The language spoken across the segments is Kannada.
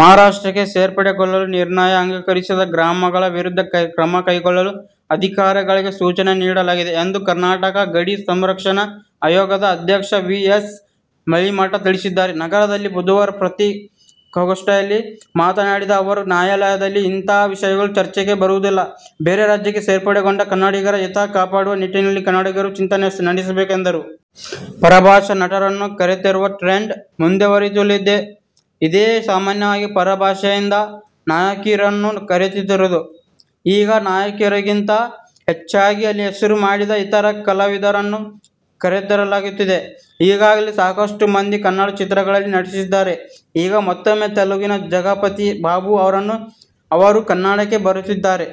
ಮಹಾರಾಷ್ಟ್ರಕ್ಕೆ ಸೇರ್ಪಡೆಗೊಳ್ಳಲು ನಿರ್ಣಯ ಅಂಗೀಕರಿಸಿದ ಗ್ರಾಮಗಳ ವಿರುದ್ಧ ಕ್ರಮ ಕೈಗೊಳ್ಳಲು ಅಧಿಕಾರಿಗಳಿಗೆ ಸೂಚನೆ ನೀಡಲಾಗಿದೆ ಎಂದು ಕರ್ನಾಟಕ ಗಡಿ ಸಂರಕ್ಷಣಾ ಆಯೋಗದ ಅಧ್ಯಕ್ಷ ವಿ. ಎಸ್. ಮಳಿಮಠ ತಿಳಿಸಿದ್ದಾರೆ. ನಗರದಲ್ಲಿ ಬುಧವಾರ ಪತ್ರಿಕಾಗೋಷ್ಠಿಯಲ್ಲಿ ಮಾತನಾಡಿದ ಅವರು, ನ್ಯಾಯಾಲಯದಲ್ಲಿ ಇಂಥ ವಿಷಯಗಳು ಚರ್ಚೆಗೆ ಬರುವುದಿಲ್ಲ. ಬೇರೆ ರಾಜ್ಯಕ್ಕೆ ಸೇರ್ಪಡೆಗೊಂಡ ಕನ್ನಡಿಗರ ಹಿತ ಕಾಪಾಡುವ ನಿಟ್ಟಿನಲ್ಲಿ ಕನ್ನಡಿಗರು ಚಿಂತನೆ ನಡೆಸಬೇಕು ಎಂದರು. ಪರಭಾಷಾ ನಟರನ್ನು ಕರೆತರುವ ಟ್ರೆಂಡ್ ಮುಂದುವರೆಯುತ್ತಲೇ ಇದೆ. ಸಾಮಾನ್ಯವಾಗಿ ಪರಭಾಷೆಯಿಂದ ನಾಯಕಿಯರನ್ನು ಕರೆತರುತ್ತಿದ್ದರು. ಈಗ ನಾಯಕಿಯರಿಗಿಂತ ಹೆಚ್ಚಾಗಿ ಅಲ್ಲಿ ಹೆಸರು ಮಾಡಿದ ಇತರ ಕಲಾವಿದರನ್ನು ಕರೆತರಲಾಗುತ್ತಿದೆ. ಈಗಾಗಲೇ ಸಾಕಷ್ಟು ಮಂದಿ ಕನ್ನಡ ಚಿತ್ರಗಳಲ್ಲಿ ನಟಿಸಿದ್ದಾರೆ. ಈಗ ಮತ್ತೂಮ್ಮೆ ತೆಲುಗಿನ ಜಗಪತಿ ಬಾಬು ಅವರು ಕನ್ನಡಕ್ಕೆ ಬರುತ್ತಿದ್ದಾರೆ.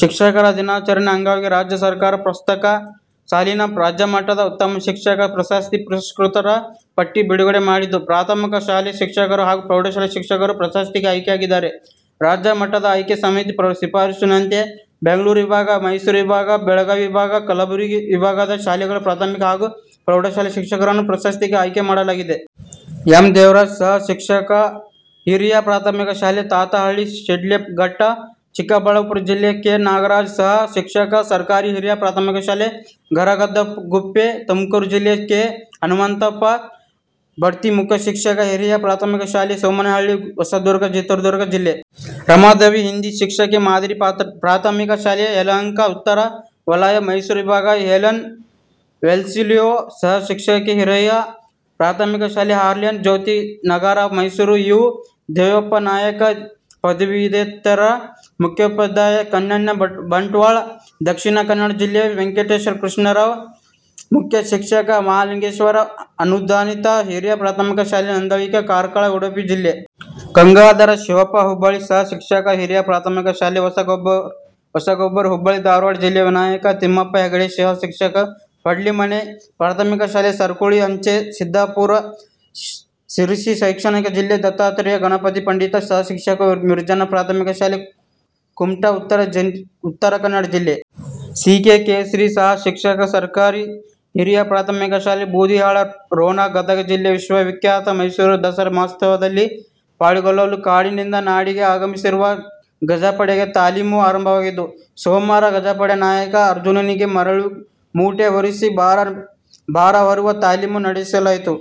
ಶಿಕ್ಷಕರ ದಿನಾಚರಣೆ ಅಂಗವಾಗಿ ರಾಜ್ಯ ಸರ್ಕಾರವು ಪ್ರಸಕ್ತ ಸಾಲಿನ ರಾಜ್ಯಮಟ್ಟದ ಉತ್ತಮ ಶಿಕ್ಷಕ ಪ್ರಶಸ್ತಿ ಪುರಸ್ಕೃತರ ಪಟ್ಟಿ ಬಿಡುಗಡೆ ಮಾಡಿದ್ದು, ಪ್ರಾಥಮಿಕ ಶಾಲಾ ಶಿಕ್ಷಕರು ಹಾಗೂ ಪ್ರೌಢಶಾಲಾ ಶಿಕ್ಷಕರು ಪ್ರಶಸ್ತಿಗೆ ಆಯ್ಕೆಯಾಗಿದ್ದಾರೆ. ರಾಜ್ಯ ಮಟ್ಟದ ಆಯ್ಕೆ ಸಮಿತಿ ಶಿಫಾರಸಿನಂತೆ ಬೆಂಗಳೂರು ವಿಭಾಗ, ಮೈಸೂರು ವಿಭಾಗ, ಬೆಳಗಾವಿ ವಿಭಾಗ, ಕಲಬುರಗಿ ವಿಭಾಗದ ಶಾಲೆಗಳ ಪ್ರಾಥಮಿಕ ಹಾಗೂ ಪ್ರೌಢಶಾಲಾ ಶಿಕ್ಷಕರನ್ನು ಪ್ರಶಸ್ತಿಗೆ ಆಯ್ಕೆ ಮಾಡಲಾಗಿದೆ. ಎಂ. ದೇವರಾಜ್- ಸಹ ಶಿಕ್ಷಕ, ಹಿರಿಯ ಪ್ರಾಥಮಿಕ ಶಾಲೆ, ತಾತಹಳ್ಳಿ, ಶಿಡ್ಲಘಟ್ಟ, ಚಿಕ್ಕಬಳ್ಳಾಪುರ ಜಿಲ್ಲೆ. ಕೆ. ನಾಗರಾಜು- ಸಹ ಶಿಕ್ಷಕ, ಸರ್ಕಾರಿ ಕಿರಿಯ ಪ್ರಾಥಮಿಕ ಶಾಲೆ, ಗರಗದಗುಪ್ಪೆ, ತುಮಕೂರು ಜಿಲ್ಲೆ. ಕೆ. ಹನುಮಂತಪ್ಪ- ಬಡ್ತಿ ಮುಖ್ಯ ಶಿಕ್ಷಕ, ಹಿರಿಯ ಪ್ರಾಥಮಿಕ ಶಾಲೆ, ಸೋಮೇನಹಳ್ಳಿ, ಹೊಸದುರ್ಗ, ಚಿತ್ರದುರ್ಗ ಜಿಲ್ಲೆ. ರಮಾದೇವಿ- ಹಿಂದಿ ಶಿಕ್ಷಕಿ, ಮಾದರಿ ಪ್ರಾಥಮಿಕ ಶಾಲೆ, ಯಲಹಂಕ ಉತ್ತರ ವಲಯ. ಮೈಸೂರು ವಿಭಾಗ: ಹೆಲನ್ ವೆಲ್ಸಿಲೀಯ- ಸಹ ಶಿಕ್ಷಕಿ, ಹಿರಿಯ ಪ್ರಾಥಮಿಕ ಶಾಲೆ, ಹಾರ್ಲೇನ್ ಜ್ಯೋತಿನಗರ, ಮೈಸೂರು. ಯು. ದೇವಪ್ಪನಾಯ್ಕ- ಪದವೀಧರೇತರ ಮುಖ್ಯೋಪಾಧ್ಯಾಯ, ಕನ್ಯಾನ, ಬಂಟ್ವಾಳ, ದಕ್ಷಿಣ ಕನ್ನಡ ಜಿಲ್ಲೆ. ವೆಂಕಟಕೃಷ್ಣರಾವ್- ಮುಖ್ಯ ಶಿಕ್ಷಕ, ಮಹಾಲಿಂಗೇಶ್ವರ ಅನುದಾನಿತ ಹಿರಿಯ ಪ್ರಾಥಮಿಕ ಶಾಲೆ, ನಂದಳಿಕೆ, ಕಾರ್ಕಳ, ಉಡುಪಿ ಜಿಲ್ಲೆ. ಗಂಗಾಧರ ಶಿವಪ್ಪ ಹುಬ್ಬಳ್ಳಿ- ಸಹ ಶಿಕ್ಷಕ, ಹಿರಿಯ ಪ್ರಾಥಮಿಕ ಶಾಲೆ, ಹೊಸಗಬ್ಬೂರು, ಹುಬ್ಬಳ್ಳಿ, ಧಾರವಾಡ ಜಿಲ್ಲೆ. ವಿನಾಯಕ ತಿಮ್ಮಪ್ಪ ಹೆಗಡೆ- ಸಹ ಶಿಕ್ಷಕ, ಹೂಡ್ಲಮನೆ ಪ್ರಾಥಮಿಕ ಶಾಲೆ, ಸರಕುಳಿ ಅಂಚೆ, ಸಿದ್ದಾಪುರ, ಶಿರಸಿ ಶೈಕ್ಷಣಿಕ ಜಿಲ್ಲೆ. ದತ್ತಾತ್ರೇಯ ಗಣಪತಿ ಪಂಡಿತ- ಸಹ ಶಿಕ್ಷಕ, ಮಿರ್ಜಾನ ಪ್ರಾಥಮಿಕ ಶಾಲೆ, ಕುಮಟಾ, ಉತ್ತರ ಕನ್ನಡ ಜಿಲ್ಲೆ. ಸಿ. ಕೆ. ಕೇಸರಿ- ಸಹ ಶಿಕ್ಷಕ, ಸರ್ಕಾರಿ ಹಿರಿಯ ಪ್ರಾಥಮಿಕ ಶಾಲೆ, ಬೂದಿಹಾಳ, ರೋಣ, ಗದಗ ಜಿಲ್ಲೆ. ವಿಶ್ವ ವಿಖ್ಯಾತ ಮೈಸೂರು ದಸರಾ ಮಹೋತ್ಸವದಲ್ಲಿ ಪಾಲ್ಗೊಳ್ಳಲು ಕಾಡಿನಿಂದ ನಾಡಿಗೆ ಆಗಮಿಸಿರುವ ಗಜಪಡೆಗೆ ತಾಲೀಮು ಆರಂಭವಾಗಿದ್ದು, ಸೋಮವಾರ ಗಜಪಡೆ ನಾಯಕ ಅರ್ಜುನನಿಗೆ ಮರಳು ಮೂಟೆ ಹೊರಿಸಿ ಭಾರ ಹೊರುವ ತಾಲೀಮು ನಡೆಸಲಾಯಿತು.